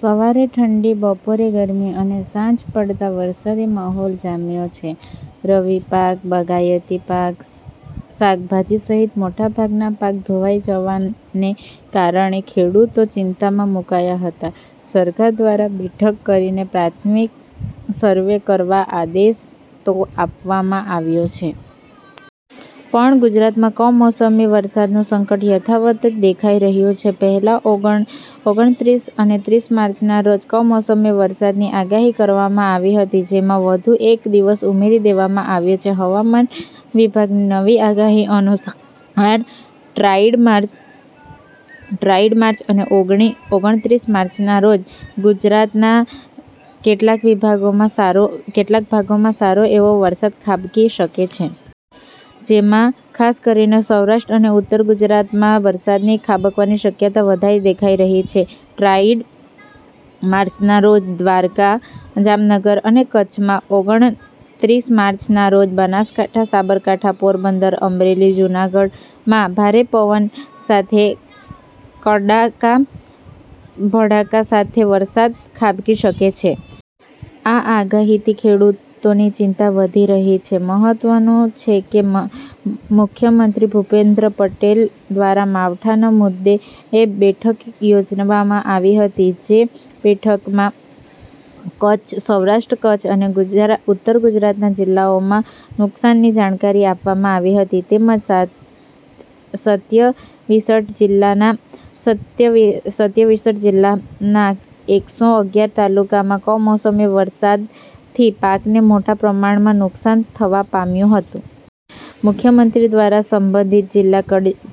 સવારે ઠંડી બપોરે ગરમી અને સાંજ પડતાં વરસાદી માહોલ જામ્યો છે. રવિ પાક, બાગાયતી પાક, શાકભાજી સહિત મોટાભાગના પાક ધોવાય જવાને કારણે ખેડૂતો ચિંતામાં મુકાયા હતા. સરકાર દ્વારા બેઠક કરીને પ્રાથમિક સર્વે કરવા આદેશ તો આપવામાં આવ્યો છે. પણ ગુજરાતમાં કમોસમી વરસાદનું સંકટ યથાવત જ દેખાઈ રહ્યું છે. પહેલા ઓગણત્રીસ અને ત્રીસ માર્ચના રોજ કમોસમી વરસાદની આગાહી કરવામાં અવી હતી જેમાં હવે વધુ એક દિવસ ઉમેરી દેવામાં આવ્યો છે. હવામાન વિભાગની નવી આગાહી અનુસાર, ટ્રાઈડ માર્ચ અને ઓગણત્રીસ માર્ચના રોજ ગુજરાતના કેટલાક ભાગોમાં સારો એવો વરસાદ ખાબકી શકે છે. જેમાં ખાસ કરીને સૌરાષ્ટ્ર અને ઉતર ગુજરાતમાં વરસાદની ખાબકવાની શક્યતાઓ વધારે દેખાઈ રહી છે. ટ્રાઈડ માર્ચના રોજ દ્વારકા, જામનગર અને કચ્છમાં, ઓગણત્રીસ માર્ચના રોજ બનાસકાંઠા, સાબરકાંઠા, પોરબંદર, અમરેલી, જૂનાગઢમાં ભારે પવન અને કડાકા ભડાકા સાથે વરસાદ ખાબકી શકે છે. આ આગાહીથી ખેડૂતોની ચિંતા વધી ગઈ છે. મહત્વનું છે કે મુખ્યમંત્રી ભૂપેન્દ્ર પટેલ દ્વારા માવઠાના મુદ્દે બેઠક યોજવામાં આવી હતી. જે બેઠકમાં સૌરાષ્ટ્ર-કચ્છ અને ઉત્તર ગુજરાતના જિલ્લાઓમાં નુકસાનની જાણકારી આપવામાં આવી હતી. તેમજ સત્યાવીસઽ જિલ્લાના એકસો અગ્યાર તાલુકામાં કમોસમી વરસાદથી પાકને મોટા પ્રમાણમાં નુકસાન થવા પામ્યું હતું. મુખ્યમંત્રી દ્વારા સંબંધિત જિલ્લા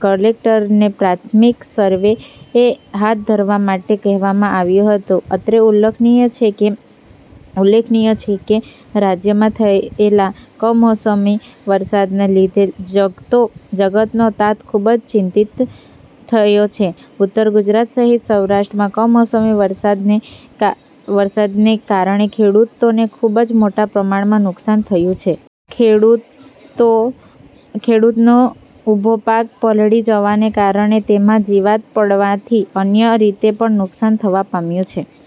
કલેક્ટરને પ્રાથમિક સરવે હાથ ધરવા માટે કહેવામાં આવ્યું હતું. અત્રે ઉલ્લેખનીય છે કે, રાજ્યમાં થયેલા કમોસમી વરસાદના લીધે જગતનો તાત ખુબ જ ચિંતિતિ થયો છે. ઉત્તર ગુજરાત સહિત સૌરાષ્ટ્રમાં કમોસમી વરસાદના કારણે ખેડૂતોને ખુબ જ મોટા પ્રમાણમાં નુકસાન થયું છે. ખેડૂતનો ઉભો પાક પલળી જવાને કારણે તેમાં જીવાત પડવાથી અન્ય રીતે પણ નુકસાન થવા પામ્યું છે.